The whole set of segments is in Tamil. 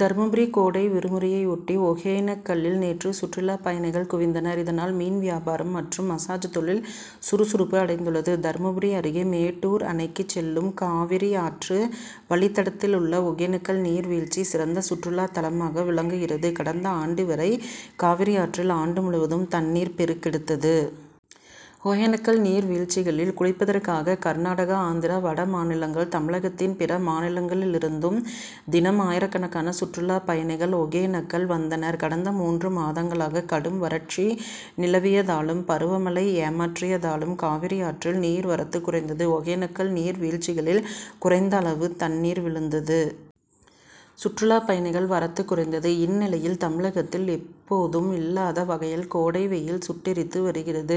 தர்மபுரி கோடை விடுமுறையையொட்டி ஒகேனக்கலில் நேற்று சுற்றுலா பயணிகள் குவிந்தனர். இதனால் மீன் வியாபாரம் மற்றும் மசாஜ் தொழில் சுறுசுறுப்பு அடைந்துள்ளது. தர்மபுரி அருகே மேட்டூர் அணைக்கு செல்லும் காவிரியாற்று வழித்தடத்தில் உள்ள ஒகேனக்கல் நீர் வீழ்ச்சி சிறந்த சுற்றுலாத் தலமாக விளங்குகிறது. கடந்த ஆண்டு வரை காவிரியாற்றில் ஆண்டு முழுவதும் தண்ணீர் பெருக்கெடுத்தது. ஒகேனக்கல் நீர் வீழ்ச்சிகளில் குளிப்பதற்காக கர்நாடகா ஆந்திரா வடமாநிலங்கள் தமிழகத்தின் பிற மாவட்டங்களிலிருந்தும் தினம் ஆயிரக்கணக்கான சுற்றுலா பயணிகள் ஒகேனக்கல் வந்தனர். கடந்த மூன்று மாதங்களாக கடும் வறட்சி நிலவியதாலும் பருவ மழை ஏமாற்றியதாலும் காவிரியாற்றில் நீர்வரத்து குறைந்தது. ஒகேனக்கல் நீர் வீழ்ச்சிகளில் குறைந்த அளவு தண்ணீர் விழுந்தது. சுற்றுலா பயணிகள் வரத்து குறைந்தது. இந்நிலையில் தமிழகத்தில் எப்போதும் இல்லாத வகையில் கோடை வெயில் சுட்டெரித்து வருகிறது.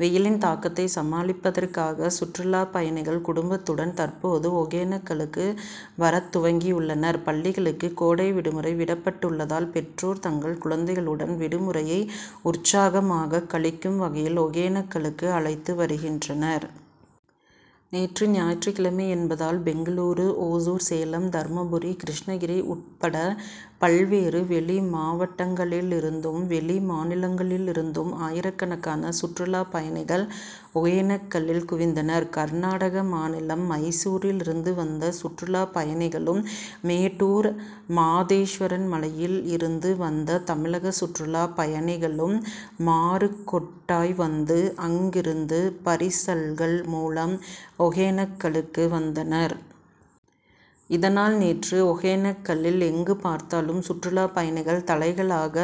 வெயிலின் தாக்கத்தை சமாளிப்பதற்காக சுற்றுலா பயணிகள் குடும்பத்துடன் தற்போது ஒகேனக்கலுக்கு வரத் துவங்கியுள்ளனர். பள்ளிகளுக்கு கோடை விடுமுறை விடப்பட்டுள்ளதால் பெற்றோர் தங்கள் குழந்தைகளுடன் விடுமுறையை உற்சாகமாக கழிக்கும் வகையில் ஒகேனக்கலுக்கு அழைத்து வருகின்றனர். நேற்று ஞாயிற்றுக் கிழமை என்பதால் பெங்களூரு ஓசூர் சேலம் தர்மபுரி கிருஷ்ணகிரி உட்பட பல்வேறு வெளி மாவட்டங்களிலிருந்தும் வெளி மாநிலங்களில் இருந்தும் ஆயிரக்கணக்கான சுற்றுலா பயணிகள் ஒகேனக்கலில் குவிந்தனர். கர்நாடக மாநிலம் மைசூரில் இருந்து வந்த சுற்றுலா பயணிகளும் மேட்டூர் மாதேஸ்வரன் மலையில் இருந்து வந்த தமிழக சுற்றுலா பயணிகளும் மாருகொட்டாய் வந்து அங்கிருந்து பரிசல்கள் மூலம் ஒகேனக்கலுக்கு வந்தனர். இதனால் நேற்று ஒகேனக்கலில் எங்கு பார்த்தாலும் சுற்றுலா பயணிகள் தலைகளாக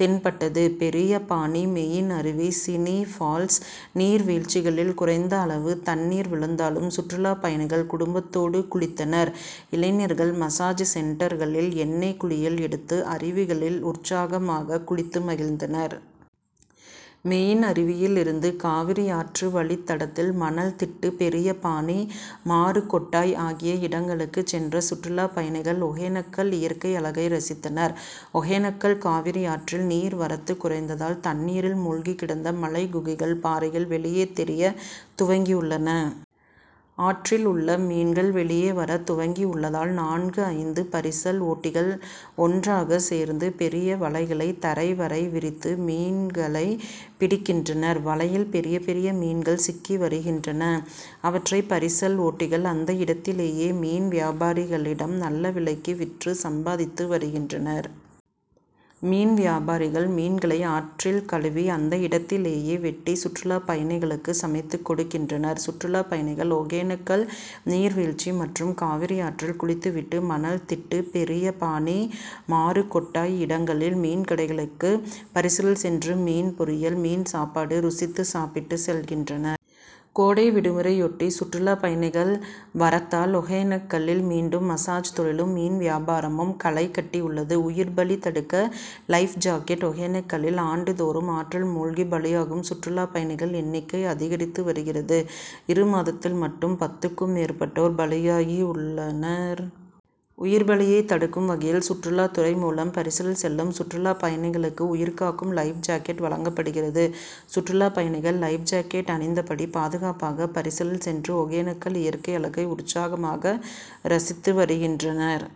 தென்பட்டது. பெரியபாணி மெயின் அருவி சினி பால்ஸ் நீர்வீழ்ச்சிகளில் குறைந்த அளவு தண்ணீர் விழுந்தாலும் சுற்றுலா பயணிகள் குடும்பத்தோடு குளித்தனர். இளைஞர்கள் மசாஜ் சென்டர்களில் எண்ணெய் குளியல் எடுத்து அருவிகளில் உற்சாகமாக குளித்து மகிழ்ந்தனர். மெயின் அருவியில் இருந்து காவிரியாற்று வழித்தடத்தில் மணல் திட்டு பெரியபாணி மாருகொட்டாய் ஆகிய இடங்களுக்கு சென்ற சுற்றுலா பயணிகள் ஒகேனக்கல் இயற்கை அழகை ரசித்தனர். ஒகேனக்கல் காவிரியாற்றில் நீர் வரத்து குறைந்ததால் தண்ணீரில் மூழ்கி கிடந்த மலை குகைகள் பாறைகள் வெளியே தெரிய துவங்கி உள்ளன. ஆற்றில் உள்ள மீன்கள் வெளியே வர துவங்கியுள்ளதால் நான்கு ஐந்து பரிசல் ஓட்டிகள் ஒன்றாக சேர்ந்து பெரிய வலைகளை தரை வரை விரித்து மீன்களை பிடிக்கின்றனர். வலையில் பெரிய பெரிய மீன்கள் சிக்கி வருகின்றன. அவற்றை பரிசல் ஓட்டிகள் அந்த இடத்திலேயே மீன் வியாபாரிகளிடம் நல்ல விலைக்கு விற்று சம்பாதித்து வருகின்றனர். மீன் வியாபாரிகள் மீன்களை ஆற்றில் கழுவி அந்த இடத்திலேயே வெட்டி சுற்றுலா பயணிகளுக்கு சமைத்து கொடுக்கின்றனர். சுற்றுலா பயணிகள் ஒகேனக்கல் நீர் வீழ்ச்சி மற்றும் காவிரியாற்றில் குளித்து விட்டு மணல் திட்டு பெரியபாணி மாருகொட்டாய் இடங்களில் மீன்கடைகளுக்கு பரிசலில் சென்று மீன் பொரியல் மீன் சாப்பாடு ருசித்து சாப்பிட்டு செல்கின்றனர். கோடைவிடுமுறையொட்டி சுற்றுலா பயணிகள் வரத்தால் ஒகேனக்கலில் மீண்டும் மசாஜ் தொழிலும் மீன் வியாபாரமும் களை கட்டியுள்ளது. உயிர் பலி தடுக்க லைப் ஜாக்கெட் ஒகேனக்கலில் ஆண்டுதோறும் ஆற்றில் மூழ்கி பலியாகும் சுற்றுலா பயணிகள் எண்ணிக்கை அதிகரித்து வருகிறது. இரு மாதத்தில் மட்டும் பத்துக்கும் மேற்பட்டோர் பலியாகி உள்ளனர். உயிர் பலியை தடுக்கும் வகையில் சுற்றுலா துறை மூலம் பரிசலில் செல்லும் சுற்றுலா பயணிகளுக்கு உயிர்காக்கும் லைப்ஜாக்கெட் வழங்கப்படுகிறது. சுற்றுலா பயணிகள் லைப் ஜாக்கெட் அணிந்தபடி பாதுகாப்பாக பரிசலில் சென்று ஒகேனக்கல் இயற்கை அழகை உற்சாகமாக ரசித்து வருகின்றனர்.